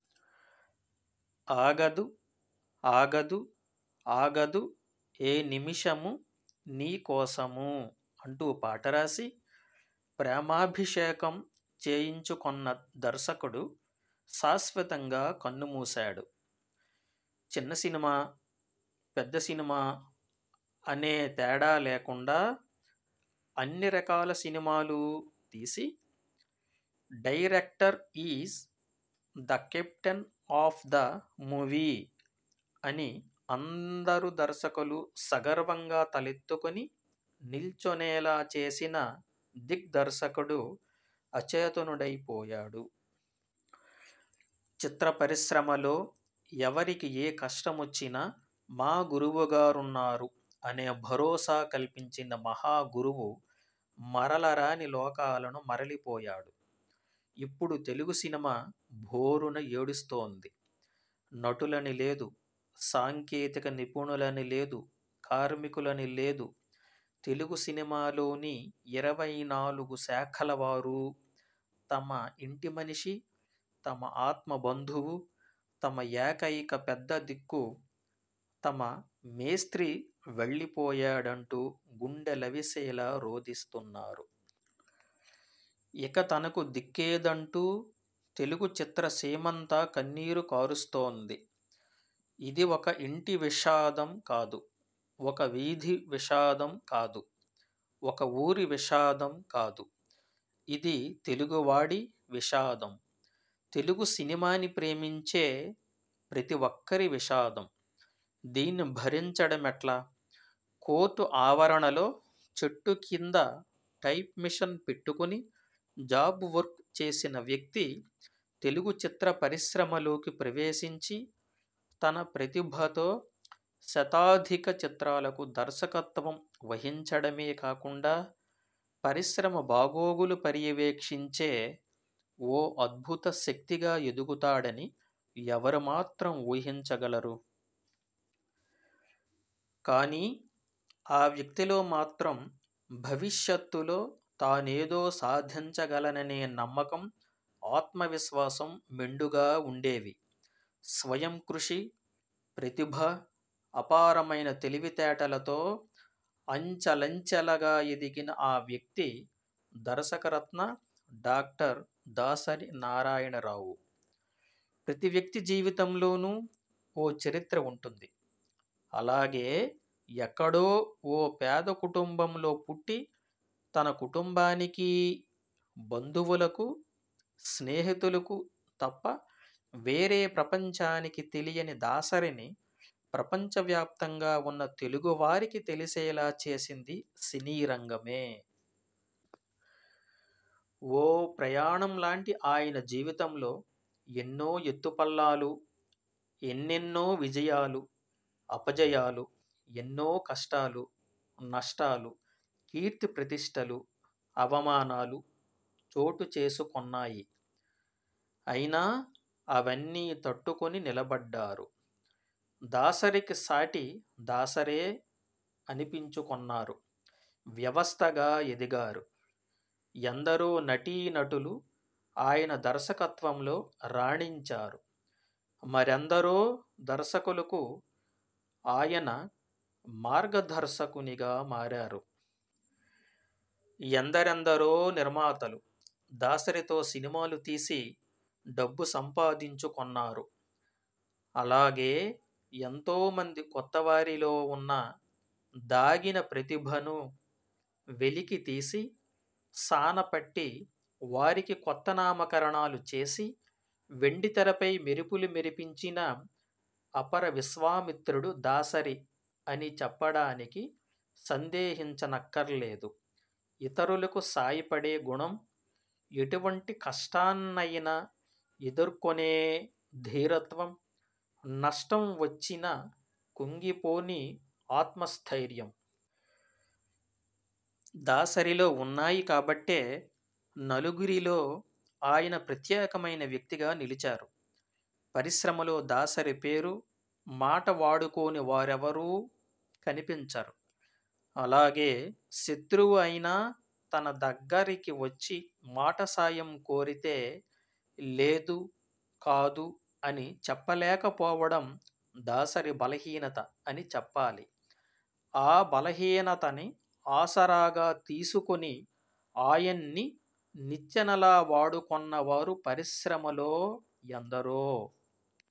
ఆగదు ఆగదు ఆగదు ఏ నిమిషము నీ కోసమూ అంటూ పాట రాసి, 'ప్రేమాభిషేకం' చేయించుకొన్న దర్శకుడు శాశ్వతంగా కన్నుమూశాడు. చిన్న సినిమా, పెద్ద సినిమా అనే తేడా లేకుండా అన్ని రకాల సినిమాలూ తీసి, 'director is the captain of the movie' అని అందరు దర్శకులూ సగర్వంగా తలెత్తుకొని నిల్చొనేలా చేసిన దిగ్దర్శకుడు అచేతనుడైపోయాడు. చిత్ర పరిశ్రమలో ఎవరికి ఏ కష్టమొచ్చినా 'మా గురువుగారున్నారు' అనే భరోసా కల్పించిన మహాగురువు మరల రాని లోకాలను మరలిపోయాడు. ఇప్పుడు తెలుగు సినిమా భోరున ఏడుస్తోంది. నటులని లేదు, సాంకేతిక నిపుణులని లేదు, కార్మికులని లేదు.. తెలుగు సినిమాలోని ఇరవై నాలుగు శాఖల వారూ తమ ఇంటి మనిషి, తమ ఆత్మబంధువు, తమ ఏకైక పెద్ద దిక్కు, తమ 'మేస్త్రీ' వెళ్లిపోయాడంటూ గుండెలవిసేలా రోదిస్తున్నారు. ఇక తనకు దిక్కేదంటూ తెలుగు చిత్రసీమంతా కన్నీరు కారుస్తోంది. ఇది ఒక ఇంటి విషాదం కాదు ఒక వీధి విషాదం కాదు ఒక ఊరి విషాదం కాదు. ఇది తెలుగువాడి విషాదం. తెలుగు సినిమాని ప్రేమించే ప్రతి ఒక్కరి విషాదం.. దీన్ని భరించడమెట్లా కోర్టు ఆవరణలో చెట్టు కింద టైప్ మిషన్ పెట్టుకొని జాబ్ వర్క్ చేసిన వ్యక్తి తెలుగు చిత్రపరిశ్రమలోకి ప్రవేశించి తన ప్రతిభతో శతాధిక చిత్రాలకు దర్శకత్వం వహించడమే కాకుండా పరిశ్రమ బాగోగులు పర్యవేక్షించే ఓ అద్భుత శక్తిగా ఎదుగుతాడని ఎవరు మాత్రం ఊహించగలరు? కానీ ఆ వ్యక్తిలో మాత్రం భవిష్యత్తులో తానేదో సాధించగలననే నమ్మకం, ఆత్మవిశ్వాసం మెండుగా ఉండేవి. స్వయంకృషి, ప్రతిభ, అపారమైన తెలివితేటలతో అంచలంచెలుగా ఎదిగిన ఆ వ్యక్తి దర్శకరత్న డాక్టర్ దాసరి నారాయణరావు. ప్రతి వ్యక్తి జీవితంలోనూ ఓ చరిత్ర ఉంటుంది. అలాగే ఎక్కడో ఓ పేద కుటుంబంలో పుట్టి తన కుటుంబానికీ, బంధువులకు, స్నేహితులకు తప్ప వేరే ప్రపంచానికి తెలియని దాసరిని ప్రపంచవ్యాప్తంగా ఉన్న తెలుగు వారికి తెలిసేలా చేసింది సినీరంగమే. ఓ ప్రయాణంలాంటి ఆయన జీవితంలో ఎన్నో ఎత్తుపల్లాలు, ఎన్నెన్నో విజయాలు, అపజయాలు, ఎన్నో కష్టాలు, నష్టాలు, కీర్తిప్రతిష్టలు, అవమానాలు చోటుచేసుకొన్నాయి. అయినా అవన్నీ తట్టుకొని నిలబడ్డారు. దాసరికి సాటి దాసరే అనిపించుకొన్నారు. వ్యవస్థగా ఎదిగారు. ఎందరో నటీనటులు ఆయన దర్శకత్వంలో రాణించారు. మరెందరో దర్శకులకు ఆయన మార్గధర్శకునిగా మారారు. ఎందరెందరో నిర్మాతలు దాసరితో సినిమాలు తీసి డబ్బు సంపాదించుకొన్నారు. అలాగే ఎంతోమంది కొత్తవారిలో ఉన్న దాగిన ప్రతిభను వెలికి తీసి, సాన పట్టి వారికి కొత్త నామకరణాలు చేసి, వెండితెరపై మెరుపులు మెరిపించిన అపర విశ్వామిత్రుడు దాసరి అని చెప్పడానికి సందేహించనక్కర్లేదు. ఇతరులకు సాయపడే గుణం, ఎటువంటి కష్టాన్నయినా ఎదుర్కొనే ధీరత్వం, నష్టం వచ్చిన కుంగిపోని ఆత్మస్థైర్యం.. దాసరిలో ఉన్నాయి కాబట్టే నలుగురిలో ఆయన ప్రత్యేకమైన వ్యక్తిగా నిలిచారు. పరిశ్రమలో దాసరి పేరు, మాట వాడుకోని వారెవరూ కనిపించరు. అలాగే శత్రువు అయినా తన దగ్గరికి వచ్చి మాట సాయం కోరితే 'లేదు.. కాదు' అని చెప్పలేకపోవడం దాసరి బలహీనత అని చెప్పాలి. ఆ బలహీనతని ఆసరాగా తీసుకొని ఆయన్ని నిచ్చెనలా వాడుకొన్న వారు పరిశ్రమలో ఎందరో!